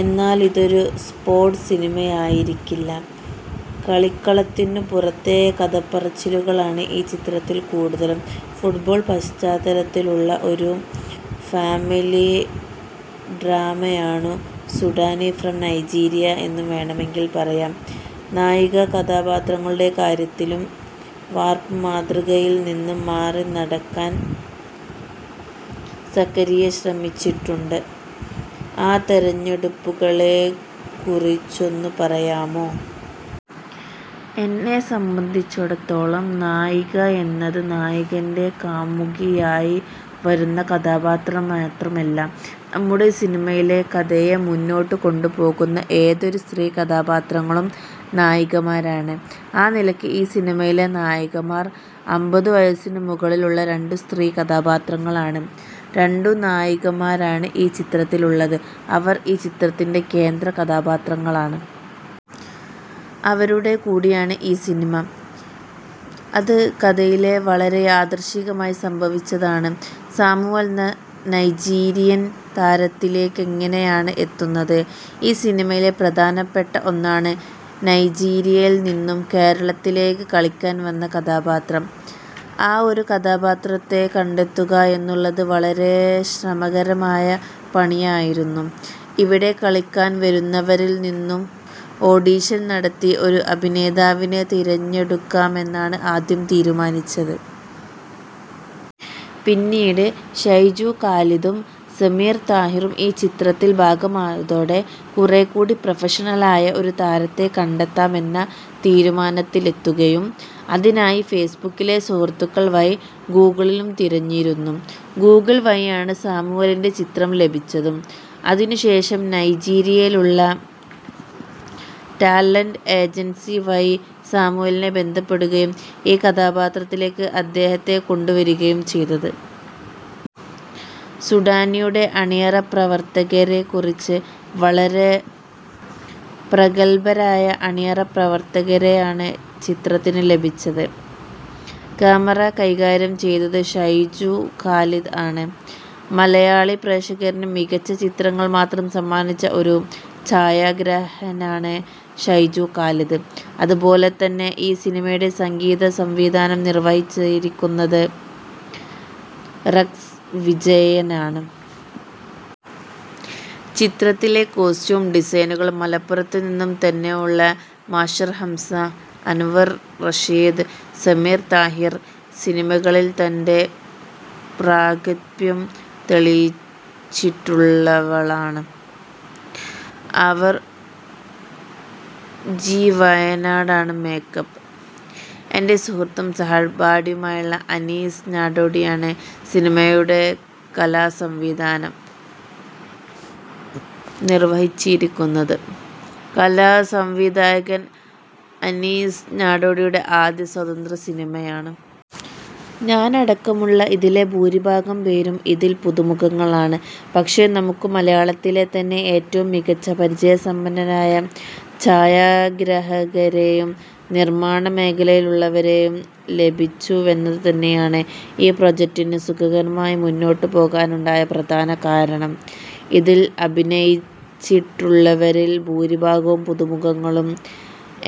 എന്നാലിതൊരു sports സിനിമയായിരിക്കില്ല. കളിക്കളത്തിനു പുറത്തെ കഥപറച്ചിലുകളാണ് ഈ ചിത്രത്തിൽ കൂടുതലും. ഫുട്ബാൾ പശ്ചാത്തലമുള്ള ഒരു ഫാമിലി ഡ്രാമയാണു സുഡാനി ഫ്രം നൈജീരിയ എന്നു വേണമെങ്കിൽ പറയാം. നായികാ കഥാപാത്രങ്ങളുടെ കാര്യത്തിലും വാർപ്പ്മാതൃകളിൽ നിന്ന് മാറി നടക്കാൻ സക്കരിയ ശ്രമിച്ചിട്ടുണ്ട്. ആ തെരഞ്ഞെടുപ്പുകളെ കുറിച്ചൊന്നു പറയാമോ? എന്നെ സംബന്ധിച്ചിടത്തോളം നായികയെന്നത് നായകന്റെ കാമുകിയായി വരുന്ന കഥാപാത്രം മാത്രമല്ല. നമ്മുടെ സിനിമയിലെ കഥയെ മുന്നോട്ടു കൊണ്ടുപോകുന്ന ഏതു സ്ത്രീ കഥാപാത്രങ്ങളും നായികമാരാണ്. ആ നിലക്ക് ഈ സിനിമയിലെ നായികമാർ അമ്പതു വയസ്സിനു മുകളിലുള്ള രണ്ടു സ്ത്രീ കഥാപാത്രങ്ങളാണ്. രണ്ടു നായികമാരാണ് ഈ ചിത്രത്തിലുള്ളത്. അവർ ഈ ചിത്രത്തിന്റെ കേന്ദ്ര കഥാപാത്രങ്ങളാണ്. അവരുടെ കൂടിയാണ് ഈ സിനിമ. അത് കഥയിൽ വളരെ യാദൃശ്ചികമായി സംഭവിച്ചതാണ്. സാമുവൽ എന്ന നൈജീരിയൻ താരത്തിലേക്കെങ്ങിനെയാണ് എത്തുന്നത്? ഈ സിനിമയിലെ പ്രധാനപ്പെട്ട ഒന്നാണ് നൈജീരിയയിൽ നിന്നും കേരളത്തിലേക്ക് കളിക്കാൻ വരുന്ന കഥാപാത്രം. ആ ഒരു കഥാപാത്രത്തെ കണ്ടെത്തുക എന്നുള്ളത് വളരെ ശ്രമകരമായ പണിയായിരുന്നു. ഇവിടെ കളിക്കാൻ വരുന്നവരിൽ നിന്നും ഓഡിഷൻ നടത്തി ഒരു അഭിനേതാവിനെ തെരഞ്ഞെടുക്കാമെന്നാണ് ആദ്യം തീരുമാനിച്ചത്. പിന്നീട് ഷൈജു ഖാലിദും സമീർ താഹിറും ഈ ചിത്രത്തിന്റെ ഭാഗമാകുന്നതോടെ കുറേ കൂടി പ്രോഫഷണലായ ഒരു താരത്തെ കണ്ടെത്താം എന്ന തീരുമാനത്തിലെത്തുകയും. അതിനായി ഫേസ്ബുക്കിലെ സുഹൃത്തുക്കൾ വഴിയും ഗൂഗിളിലും തെരഞ്ഞിരുന്നു. ഗൂഗിൾ വഴിയാണ് സാമുവലിന്റെ ചിത്രം ലഭിച്ചതും. അതിനു ശേഷം നൈജീരിയയിലുള്ള ടാലന്റ് ഏജൻസ് വഴി സാമുവലിനെ ബന്ധപ്പെടുകയും ഈ കഥാപാത്രത്തിലേക്ക് അദ്ദേഹത്തെ കൊണ്ട് വരികയുമാണ് ചെയ്തത്. സുഡാനിയുടെ അണിയറപ്രവർത്തകരെ കുറിച്ച് വളരെ പ്രഗല്ഭരായ അണിയറപ്രവർത്തകരെയാണ് ചിത്രത്തിന് ലഭിച്ചത്. കാമറ കൈകാര്യം ചെയ്തത് ഷൈജു ഖാലിദ് ആണ്. മലയാളി പ്രേക്ഷകര്ക്ക് മികച്ച ചിത്രങ്ങൾ മാത്രം സമ്മാനിച്ച ഒരു ഛയാഗ്രാഹകനാണ് ഷൈജു ഖാലിദ്. അത് പോലെ തന്നെ ഈ സിനിമയുടെ സംഗീത സംവിധാനം നിർവഹിച്ചിരിക്കുന്നത് റെക്സ് വിജയനാണ്. ചിത്രത്തിലെ കോസ്റ്റ്യൂം ഡിസൈനർ മലപ്പുറത്ത് നിന്ന് തന്നെയുള്ള മാഷർ ഹംസ, അൻവർ റഷീദ്, സമീർ താഹിർ സിനിമകളിൽ തന്റെ പ്രാഗത്ഭ്യം തെളിയിച്ചിട്ടുള്ളയാളാണ്. ആർ ജി വയനാടാണ് മേക് അപ്പ്. എന്റെ സുഹൃത്തും സഹപാഠിയുമായിട്ടുള്ള അനീസ് നാടോടിയാണ് സിനിമയുടെ കലാ സംവിധാനം നിര്വടഹിച്ചിരിക്കുന്നത്. കലാ സംവിധായകൻ അനീസ് നാടോടിയുടെ ആദ്യത്തെ സ്വതന്ത്ര സിനിമയാണ്. ഞാനടക്കമുള്ള ഇതിലെ ഭൂരിഭാഗം പേരും ഇതിൽ പുതുമുഖങ്ങളാണ്. പക്ഷെ നമുക്ക് മലയാളത്തിലെ തന്നെ ഏറ്റവും മികച്ച, പരിചയസമ്പന്നരായ ചായഗ്രാഹകരെയും നിർമ്മാണ മേഖലയിലുള്ളവരെയും ലഭിച്ചുവെന്നത് തന്നെയാണ് ഈ പ്രൊജക്റ്റ് സുഗമമായി മുന്നോട്ട് പോകനുണ്ടായ പ്രധാന കാരണം. ഇതിൽ അഭിനയിച്ചിട്ടുള്ളവരിൽ ഭൂരിഭാഗവും പുതുമുഖങ്ങളും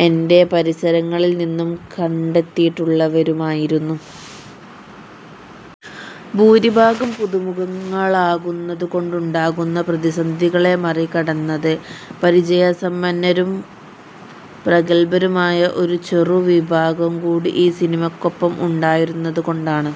എന്റെ് പരിസരങ്ങളിൽ നിന്നും കണ്ടെത്തിയിട്ടുള്ളവരുമായിരുന്നു. ഭൂരിഭാഗം പുതുമുഖങ്ങളാകുന്നത് കൊണ്ടുണ്ടാകാവുന്ന പ്രതിസന്ധികളെ മറികടന്നത് പരിചയസമ്പന്നരും പ്രഗൽഭരുമായ ഒരു ചെറു വിഭാഗം കൂടി ഈ സിനിമക്കൊപ്പം ഉണ്ടായിരുന്നത് കൊണ്ടാണ്.